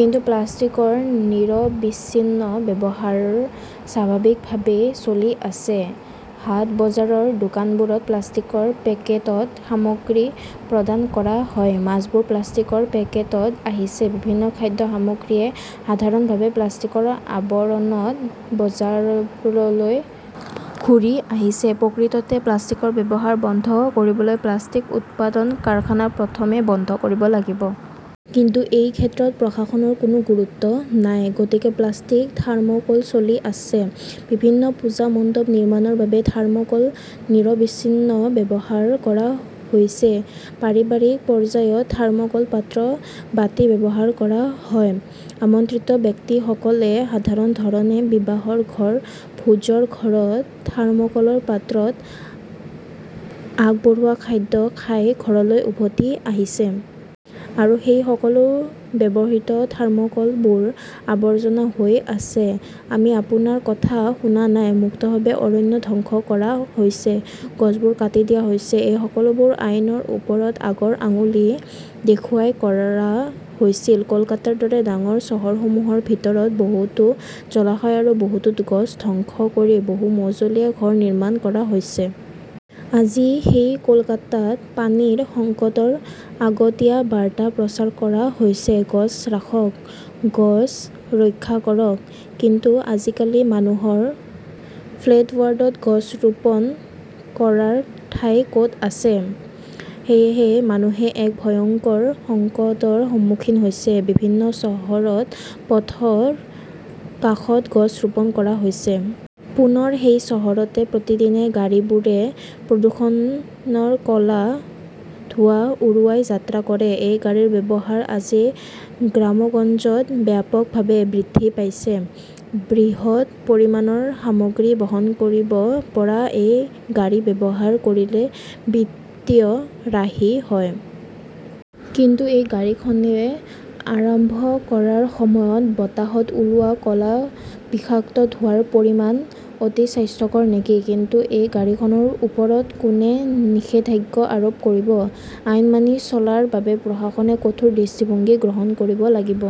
কিন্তু প্লাষ্টিকৰ নিৰবিচ্ছিন্ন ব্যৱহাৰ স্বাভাৱিকভাৱেই চলি আছে'। হাট বজাৰৰ দোকানবোৰত প্লাষ্টিকৰ পেকেটত সামগ্ৰী প্ৰদান কৰা হয়। মাছবোৰ প্লাষ্টিকৰ পেকেটত আহিছে। বিভিন্ন খাদ্য সামগ্ৰীয়ে সাধাৰণভাৱে প্লাষ্টিকৰ আৱৰণত বজাৰলৈ ঘূৰি আহিছে। প্ৰকৃততে প্লাষ্টিকৰ ব্যৱহাৰ বন্ধ কৰিবলৈ প্লাষ্টিক উৎপাদন কাৰখানা প্ৰথমে বন্ধ কৰিব লাগিব। কিন্তু এই ক্ষেত্ৰত প্ৰশাসনৰ কোনো গুৰুত্ব নাই। গতিকে প্লাষ্টিক, থাৰ্মোকোল চলি আছে। বিভিন্ন পূজা মণ্ডপ নিৰ্মাণৰ বাবে থাৰ্মোকোল নিৰবিচ্ছিন্ন ব্যৱহাৰ কৰা হৈছে। পাৰিবাৰিক পৰ্যায়ত থাৰ্মোকোল পাত্ৰ, বাতি ব্যৱহাৰ কৰা হয়। আমন্ত্ৰিত ব্যক্তিসকলে সাধাৰণ ধৰণে বিবাহৰ ঘৰ, ভোজৰ ঘৰত থাৰ্মকোলৰ পাত্ৰত আগবঢ়োৱা খাদ্য খাই ঘৰলৈ উভতি আহিছে। আৰু সেই সকলো ব্যৱহৃত থাৰ্মোকোলবোৰ আবৰ্জনা হৈ আছে। আমি আপোনাৰ কথা শুনা নাই। মুক্তভাৱে অৰণ্য ধ্বংস কৰা হৈছে। গছবোৰ কাটি দিয়া হৈছে। এই সকলোবোৰ আইনৰ ওপৰত আগৰ আঙুলি দেখুৱাই কৰা হৈছিল। কলকাতাৰ দৰে ডাঙৰ চহৰসমূহৰ ভিতৰত বহুতো জলাশয় আৰু বহুতো গছ ধ্বংস কৰি বহু-মজলীয়া ঘৰ নিৰ্মাণ কৰা হৈছে। আজি সেই কলকাতাত পানীৰ সংকটৰ আগতীয়া বাৰ্তা প্ৰচাৰ কৰা হৈছে, গছ ৰাখক, গছ ৰক্ষা কৰক। কিন্তু আজিকালি মানুহৰ ফ্লেটবাৰ্ডত গছ ৰোপণ কৰাৰ ঠাই ক'ত আছে? সেয়েহে মানুহে এক ভয়ংকৰ সংকটৰ সন্মুখীন হৈছে। বিভিন্ন চহৰত পথৰ কাষত গছ ৰোপণ কৰা হৈছে। পুনৰ সেই চহৰতে প্ৰতিদিনে গাড়ীবোৰে প্ৰদূষণৰ ক 'লা ধোঁৱা উৰুৱাই যাত্ৰা কৰে। এই গাড়ীৰ ব্যৱহাৰ আজি গ্ৰামগঞ্জত ব্যাপকভাৱে বৃদ্ধি পাইছে। বৃহৎ পৰিমাণৰ সামগ্ৰী বহন কৰিব পৰা এই গাড়ী ব্যৱহাৰ কৰিলে বিত্তীয় ৰাহি হয়। কিন্তু এই গাড়ীখনৱে আৰম্ভ কৰাৰ সময়ত বতাহত ওলোৱা ক'লা বিষাক্ত ধোঁৱাৰ পৰিমাণ অতি স্বাস্থ্যকৰ নেকি? কিন্তু এই গাড়ীখনৰ ওপৰত কোনে নিষেধাজ্ঞা আৰোপ কৰিব? আইন মানি চলাৰ বাবে প্ৰশাসনে কঠোৰ দৃষ্টিভংগী গ্ৰহণ কৰিব লাগিব।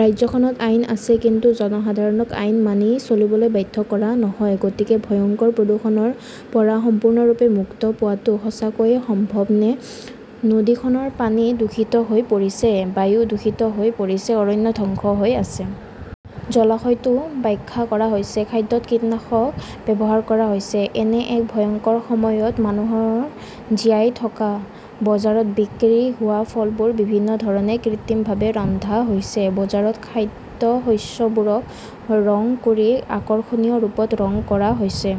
ৰাজ্যখনত আইন আছে কিন্তু জনসাধাৰণক আইন মানি চলিবলৈ বাধ্য কৰা নহয়। গতিকে ভয়ংকৰ প্ৰদূষণৰ পৰা সম্পূৰ্ণৰূপে মুক্তি পোৱাটো সঁচাকৈয়ে সম্ভৱনে? নদীখনৰ পানী দূষিত হৈ পৰিছে। বায়ু দূষিত হৈ পৰিছে। অৰণ্য ধ্বংস হৈ আছে। জলাশয়টো ব্যাখ্যা কৰা হৈছে। খাদ্যত কীটনাশক ব্যৱহাৰ কৰা হৈছে। এনে এক ভয়ংকৰ সময়ত মানুহৰ জীয়াই থকা। বজাৰত বিক্ৰী হোৱা ফলবোৰ বিভিন্ন ধৰণে কৃত্ৰিমভাৱে ৰন্ধা হৈছে। বজাৰত খাদ্যশস্যবোৰক ৰং কৰি আকৰ্ষণীয় ৰূপত ৰং কৰা হৈছে।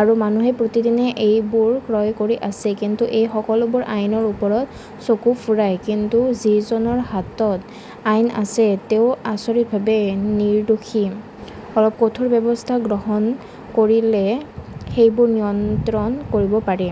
আৰু মানুহে প্ৰতিদিনে এইবোৰ ক্ৰয় কৰি আছে। কিন্তু এই সকলোবোৰ আইনৰ ওপৰত চকু ফুৰাই। কিন্তু যিজনৰ হাতত আইন আছে, তেওঁ আচৰিতভাৱে নিৰ্দোষী। অলপ কঠোৰ ব্যৱস্থা গ্ৰহণ কৰিলে সেইবোৰ নিয়ন্ত্ৰণ কৰিব পাৰি।